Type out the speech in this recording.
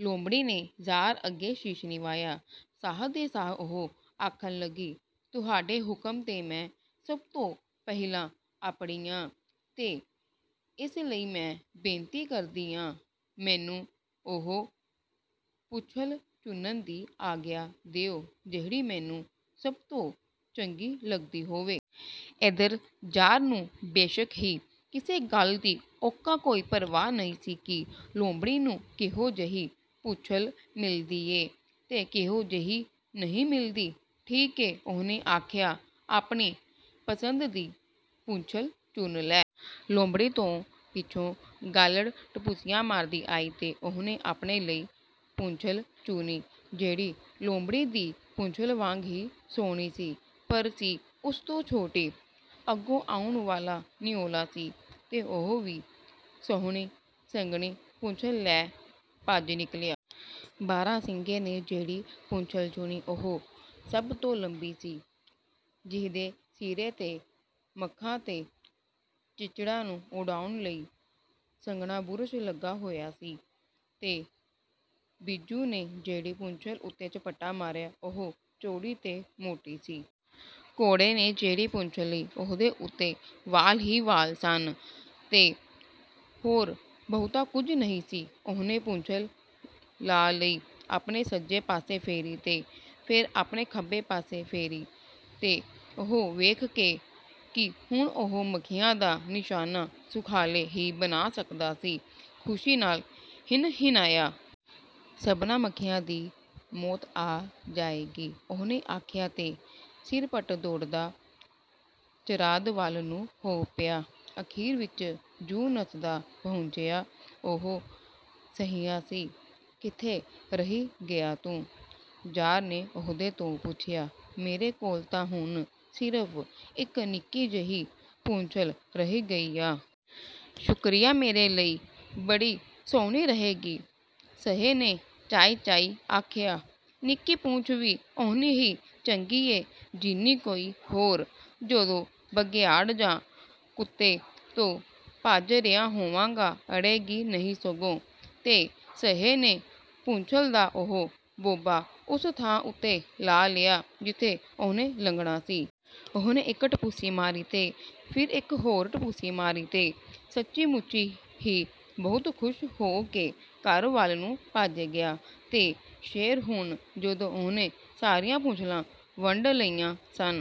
ਲੂੰਮੜੀ ਨੇ ਜ਼ਾਰ ਅੱਗੇ ਸੀਸ ਨਿਵਾਇਆ। "ਸ਼ਾਹਾਂ ਦੇ ਸ਼ਾਹ!" ਉਹ ਆਖਣ ਲੱਗੀ। "ਤੁਹਾਡੇ ਹੁਕਮ 'ਤੇ ਮੈਂ ਸਭ ਤੋਂ ਪਹਿਲਾਂ ਅੱਪੜੀ ਆਂ, ਤੇ ਏਸ ਲਈ ਮੈਂ ਬੇਨਤੀ ਕਰਦੀ ਆਂ, ਮੈਨੂੰ ਉਹ ਪੂਛਲ ਚੁਣਨ ਦੀ ਆਗਿਆ ਦਿਓ, ਜਿਹੜੀ ਮੈਨੂੰ ਸਭ ਤੋਂ ਚੰਗੀ ਲੱਗਦੀ ਹੋਵੇ।" ਏਧਰ ਜ਼ਾਰ ਨੂੰ, ਬੇਸ਼ੱਕ ਹੀ, ਕਿਸੇ ਗੱਲ ਦੀ ਉੱਕਾ ਕੋਈ ਪਰਵਾਹ ਨਹੀਂ ਸੀ ਕਿ ਲੂੰਮੜੀ ਨੂੰ ਕਿਹੋ ਜਿਹੀ ਪੂਛਲ ਮਿਲਦੀ ਏ ਤੇ ਕਿਹੋ ਜਿਹੀ ਨਹੀਂ ਮਿਲਦੀ। "ਠੀਕ ਏ," ਉਹਨੇ ਆਖਿਆ, "ਆਪਣੀ ਪਸੰਦ ਦੀ ਪੂਛਲ ਚੁਣ ਲੈ।" ਲੂੰਮੜੀ ਤੋਂ ਪਿੱਛੋਂ ਗਾਲੜ੍ਹ ਟਪੋਸੀਆਂ ਮਾਰਦੀ ਆਈ ਤੇ ਉਹਨੇ ਆਪਣੇ ਲਈ ਪੂਛਲ ਚੁਣੀ, ਜਿਹੜੀ ਲੂੰਮੜੀ ਦੀ ਪੂਛਲ ਵਾਂਗ ਹੀ ਸੁਹਣੀ ਸੀ, ਪਰ ਸੀ ਉਸ ਤੋਂ ਛੋਟੀ। ਅੱਗੋਂ ਆਉਣ ਵਾਲਾ ਨਿਉਲਾ ਸੀ, ਤੇ ਉਹ ਵੀ ਸੁਹਣੀ, ਸੰਘਣੀ ਪੂਛਲ ਲੈ ਭੱਜ ਨਿਕਲਿਆ। ਬਾਰਾ-ਸਿੰਙੇ ਨੇ ਜਿਹੜੀ ਪੂਛਲ ਚੁਣੀ, ਉਹ ਸਭ ਤੋਂ ਲੰਬੀ ਸੀ, ਜਿਹਦੇ ਸਿਰੇ 'ਤੇ ਮੱਖਾਂ ਤੇ ਚਿੱਚੜਾਂ ਨੂੰ ਉਡਾਉਣ ਲਈ ਸੰਘਣਾ ਬੁਰਸ਼ ਲੱਗਾ ਹੋਇਆ ਸੀ। ਤੇ ਬਿੱਜੂ ਨੇ ਜਿਹੜੀ ਪੂਛਲ ਉੱਤੇ ਝਪਟਾ ਮਾਰਿਆ, ਉਹ ਚੌੜੀ ਤੇ ਮੋਟੀ ਸੀ। ਘੋੜੇ ਨੇ ਜਿਹੜੀ ਪੂਛਲ ਲਈ, ਉਹਦੇ ਉੱਤੇ ਵਾਲ ਹੀ ਵਾਲ ਸਨ ਤੇ ਹੋਰ ਬਹੁਤਾ ਕੁਝ ਨਹੀਂ ਸੀ। ਉਹਨੇ ਪੂਛਲ ਲਾ ਲਈ, ਆਪਣੇ ਸੱਜੇ ਪਾਸੇ ਫੇਰੀ ਤੇ ਫੇਰ ਆਪਣੇ ਖੱਬੇ ਪਾਸੇ ਫੇਰੀ, ਤੇ ਉਹ ਵੇਖ ਕੇ ਕਿ ਹੁਣ ਉਹ ਮੱਖੀਆਂ ਦਾ ਨਿਸ਼ਾਨਾ ਸੁਖਾਲੇ ਹੀ ਬਣਾ ਸਕਦਾ ਸੀ, ਖੁਸ਼ੀ ਨਾਲ ਹਿਣਹਿਣਾਇਆ। "ਸਬਨਾਂ ਮੱਖੀਆਂ ਦੀ ਮੌਤ ਆ ਜਾਏਗੀ," ਉਹਨੇ ਆਖਿਆ ਤੇ ਸਿਰਪਟ ਦੌੜਦਾ ਚਰਾਂਦ ਵੱਲ ਨੂੰ ਹੋ ਪਿਆ। ਅਖ਼ੀਰ ਵਿੱਚ ਜੁ ਨੱਸਦਾ ਪਹੁੰਚਿਆ, ਉਹ ਸਹਿਆ ਸੀ।"ਕਿੱਥੇ ਰਹਿ ਗਿਆ ਤੂੰ?" ਜ਼ਾਰ ਨੇ ਉਹਦੇ ਤੋਂ ਪੁੱਛਿਆ। "ਮੇਰੇ ਕੋਲ ਤਾਂ ਹੁਣ ਸਿਰਫ਼ ਇੱਕ ਨਿੱਕੀ ਜਿਹੀ ਪੂਛਲ ਰਹਿ ਗਈ ਆ।" "ਸ਼ੁਕਰੀਆ, ਮੇਰੇ ਲਈ ਬੜੀ ਸੁਹਣੀ ਰਹੇਗੀ," ਸਹੇ ਨੇ ਚਾਈਂ-ਚਾਈਂ ਆਖਿਆ। "ਨਿੱਕੀ ਪੂਛ ਵੀ ਓਨੀ ਹੀ ਚੰਗੀ ਏ, ਜਿੰਨੀ ਕੋਈ ਹੋਰ। ਜਦੋਂ ਬਘਿਆੜ ਜਾਂ ਕੁੱਤੇ ਤੋਂ ਭੱਜ ਰਿਹਾ ਹੋਵਾਂਗਾ, ਅੜੇਗੀ ਨਹੀਂ ਸਗੋਂ!" ਤੇ ਸਹੇ ਨੇ ਪੂਛਲ ਦਾ ਉਹ ਬੋਬਾ ਉਸ ਥਾਂ ਉੱਤੇ ਲਾ ਲਿਆ, ਜਿੱਥੇ ਉਹਨੇ ਲੱਗਣਾ ਸੀ। ਉਹਨੇ ਇੱਕ ਟਪੋਸੀ ਮਾਰੀ ਤੇ ਫੇਰ ਇੱਕ ਹੋਰ ਟਪੋਸੀ ਮਾਰੀ, ਤੇ ਸੱਚੀ-ਮੁੱਚੀ ਹੀ ਬਹੁਤ ਖੁਸ਼ ਹੋ ਕੇ ਘਰ ਵੱਲ ਨੂੰ ਭੱਜ ਗਿਆ। ਤੇ ਸ਼ੇਰ, ਹੁਣ ਜਦੋਂ ਉਹਨੇ ਸਾਰੀਆਂ ਪੂਛਲਾਂ ਵੰਡ ਲਈਆਂ ਸਨ